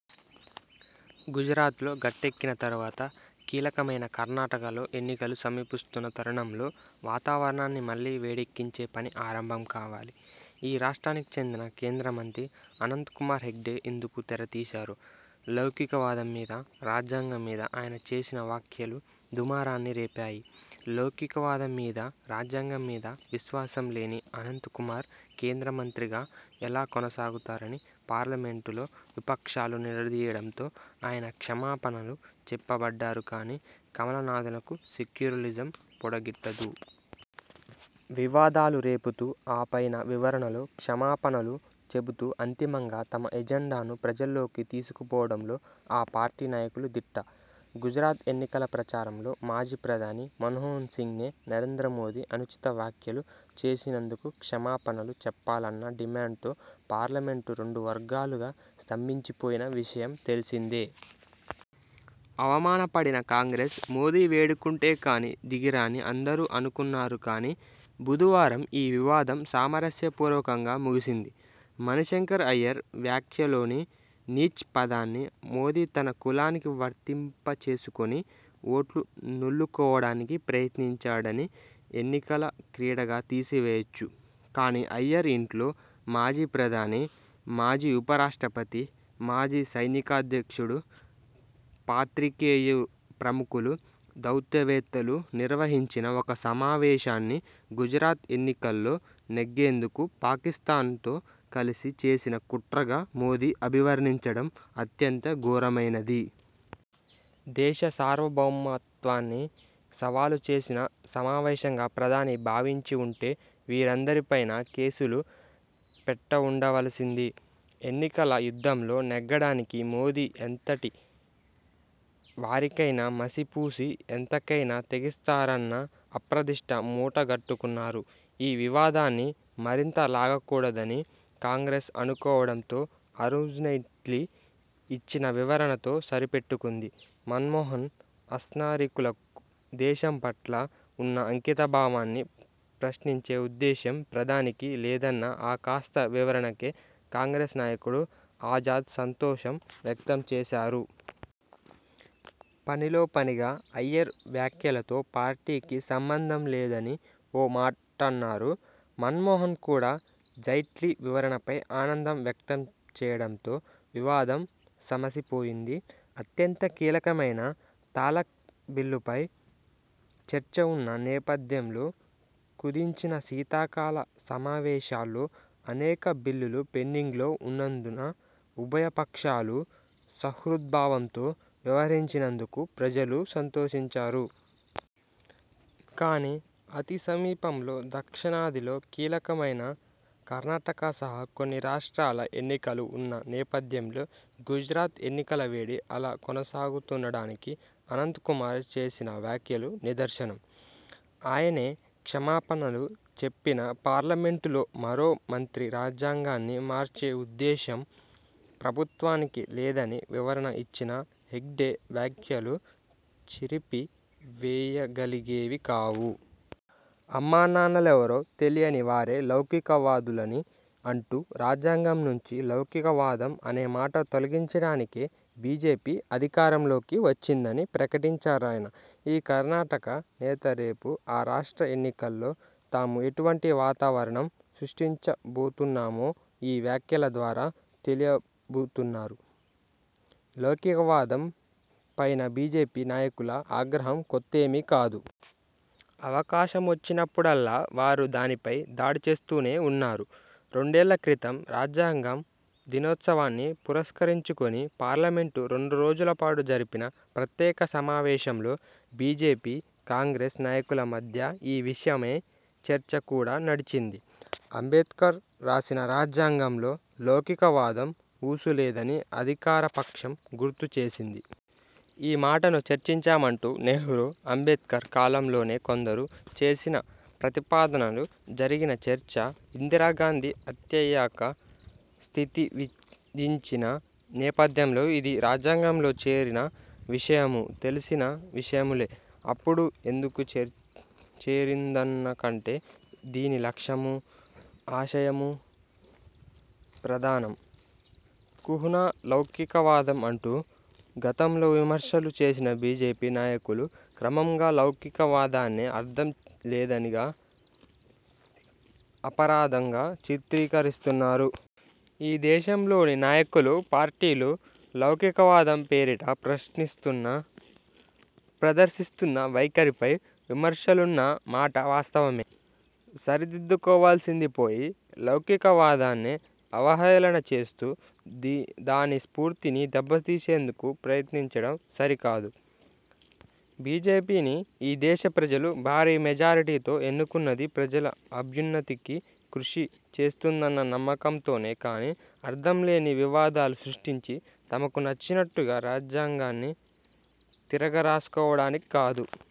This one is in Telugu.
గుజరాత్లో గట్టెక్కిన తరువాత, కీలకమైన కర్ణాటకలో ఎన్నికలు సమీపిస్తున్న తరుణంలో వాతావరణాన్ని మళ్ళీ వేడెక్కించే పని ఆరంభం కావాలి. ఈ రాష్ట్రానికి చెందిన కేంద్రమంత్రి అనంత్ కుమార్ హెగ్డే ఇందుకు తెరతీశారు. లౌకికవాదం మీద, రాజ్యాంగంమీద ఆయన చేసిన వ్యాఖ్యలు దుమారాన్ని రేపాయి. లౌకికవాదం మీదా, రాజ్యాంగం మీదా విశ్వాసం లేని అనంత్ కుమార్ కేంద్రమంత్రిగా ఎలా కొనసాగుతారని పార్లమెంటులో విపక్షాలు నిలదీయడంతో ఆయన క్షమాపణలు చెప్పి బయపడ్డారు కానీ, కమల నాథులకు సెక్యులరిజం పొడగిట్టదు. వివాదాలు రేపుతూ, ఆ పైన వివరణలో, క్షమాపణలో చెబుతూ అంతిమంగా తమ ఎజెండాను ప్రజల్లోకి తీసుకు పోవడంలో ఆ పార్టీ నాయకులు దిట్ట. గుజరాత్ ఎన్నికల ప్రచారంలో మాజీ ప్రధాని మన్మోహన్సింగ్పై నరేంద్రమోదీ అనుచిత వ్యాఖ్యలు చేసినందుకు క్షమాపణలు చెప్పాలన్న డిమాండ్తో పార్లమెంటు రెండు వర్గలుగా స్తంభించిపోయిన విషయం తెలిసిందే. అవమానపడిన కాంగ్రెస్, మోదీ వేడుకుంటే కానీ దిగిరాదని అందరూ అనుకున్నారు కానీ, బుధవారం ఈ వివాదం సామరస్యపూర్వకంగా ముగిసిపోయింది. మణిశంకర్ అయ్యర్ వ్యాఖ్యలోని 'నీచ్' పదాన్ని మోదీ తన కులానికి వర్తింపచేసుకొని ఓట్లు నొల్లుకోవడానికి ప్రయత్నించడాన్ని ఎన్నికల క్రీడగా తీసివేయవచ్చు. కానీ, అయ్యర్ ఇంట్లో మాజీ ప్రధాని, మాజీ ఉపరాష్ట్రపతి, మాజీ సైనికాధ్యక్షుడు, పాత్రికేయ ప్రముఖులు, దౌత్యవేత్తలు నిర్వహించిన ఒక సమావేశాన్ని గుజరాత్ ఎన్నికల్లో నెగ్గేందుకు పాకిస్థాన్తో కలిసి చేసిన కుట్రగా మోదీ అభివర్ణించడం అత్యంత ఘోరమైనది. దేశ సార్వభౌమత్వాన్ని సవాలు చేసిన సమావేశంగా ప్రధాని భావించివుంటే వీరందరిపైనా కేసులు పెట్టివుండవలసింది. ఎన్నికల యుద్ధంలో నెగ్గడానికి మోదీ ఎంతటి వారికైనా మసిపూసి, ఎంతకైనా తెగిస్తారన్న అప్రదిష్ట మూట గట్టుకున్నారు. ఈ వివాదాన్ని మరింత లాగకూడదని కాంగ్రెస్ అనుకోవడంతో అరుణ్జైట్లీ ఇచ్చిన వివరణతో సరిపెట్టుకుంది. మన్మోహన్, అన్సారీలకు దేశం పట్ల ఉన్న అంకితభావాన్ని ప్రశ్నించే ఉద్దేశం ప్రధానికి లేదన్న ఆ కాస్త వివరణకే కాంగ్రెస్ నాయకుడు ఆజాద్ సంతోషం వ్యక్తంచేశారు. పనిలో పనిగా అయ్యర్ వ్యాఖ్యలతో పార్టీకి సంబంధం లేదని ఓ మాటన్నారు. మన్మోహన్ కూడా జైట్లీ వివరణపై ఆనందం వ్యక్తం చేయడంతో వివాదం సమసిపోయింది. అత్యంత కీలకమైన తలాక్ బిల్లుపై చర్చ ఉన్న నేపథ్యంలో, కుదించిన శీతాకాల సమావేశాల్లో అనేక బిల్లులు పెండింగ్లో ఉన్నందున ఉభయ పక్షాలూ సుహృద్భావంతో వ్యవహరించినందుకు ప్రజలూ సంతోషించారు. కానీ, అతి సమీపంలో దక్షిణాదిలో కీలకమైన కర్ణాటక సహా కొన్ని రాష్ట్రాల ఎన్నికలు ఉన్న నేపథ్యంలో గుజరాత్ ఎన్నికల వేడి అలాగే కొనసాగుతుందనడానికి అనంత్ కుమార్ చేసిన వ్యాఖ్యలు నిదర్శనం. ఆయనే క్షమాపణలు చెప్పినా, పార్లమెంటులో మరో మంత్రి రాజ్యాంగాన్ని మార్చే ఉద్దేశం ప్రభుత్వానికి లేదని వివరణ ఇచ్చినా హెగ్డే వ్యాఖ్యలు చెరిపి వేయగలిగేవి కావు. అమ్మానాన్నలెవరో తెలియని వారే లౌకికవాదులని అంటూ, రాజ్యాంగంనుంచి లౌకికవాదం అనే మాట తొలగించడానికే బీజేపీ అధికారంలోకి వచ్చిందని ప్రకటించారాయన. ఈ కర్ణాటక నేత రేపు ఆ రాష్ట్ర ఎన్నికల్లో తాము ఎటువంటి వాతావరణం సృష్టించబోతున్నామో ఈ వ్యాఖ్యల ద్వారా తెలియబుతున్నారు. లౌకికవాదం పైన బీజేపీ నాయకుల ఆగ్రహం కొత్తఏమి కాదు. అవకాశమొచ్చినప్పుడల్లా వారు దానిపై దాడిచేస్తూనే ఉన్నారు. రెండేళ్ళ క్రితం రాజ్యాంగ దినోత్సవాన్ని పురస్కరించుకొని పార్లమెంటు రెండు రోజులపాటు జరిపిన ప్రత్యేక సమావేశంలో బీజేపీ, కాంగ్రెస్ నాయకుల మధ్య ఈ విషయమై చర్చ కూడా నడిచింది. అంబేడ్కర్ రాసిన రాజ్యాంగంలో లౌకికవాదం ఊసు లేదని అధికార పక్షం గుర్తు చేసింది. ఈ మాటను చేర్చమంటూ నెహ్రూ అంబేడ్కర్ కాలం లోనే కొందరు చేసిన ప్రతిపాదనలు, జరిగిన చర్చ, ఇందిరాగాంధీ అత్యయిక స్థితి విధించిన నేపథ్యంలో ఇది రాజ్యాంగంలో చేరిన విషయమూ తెలిసిన విషయాలే. ఎప్పుడు, ఎందుకు చేరిందన్నకంటే, దాని లక్ష్యమూ, ఆశయమూ ప్రధానం. 'కుహనా లౌకకవాదం' అంటూ గతంలో విమర్శలు చేసిన బీజేపీ నాయకులు క్రమంగా లౌకికవాదాన్నే అర్థం లేనిదిగా, అపరాధంగా చిత్రీకరిస్తున్నారు. ఈ దేశంలోని నాయకులు, పార్టీలు లౌకికవాదం పేరిట ప్రశ్నిస్తున్న ప్రదర్శిస్తున్న వైఖరిపై విమర్శలున్న మాట వాస్తవమే. సరిదిద్దుకోవాల్సింది పోయి, లౌకికవాదాన్నే అవహేళన చేస్తూ, ది దాని స్ఫూర్తిని దెబ్బతీసేందుకు ప్రయత్నించడం సరికాదు. బీజేపీని ఈ దేశ ప్రజలు భారీ మెజారిటీతో ఎన్నుకున్నది ప్రజల అభ్యున్నతికి కృషి చేస్తుందన్న నమ్మకంతోనే కానీ, అర్థంలేని వివాదాలు సృష్టించి, తమకు నచ్చినట్టుగా రాజ్యాంగాన్ని తిరగ రాసుకోవడానికి కాదు.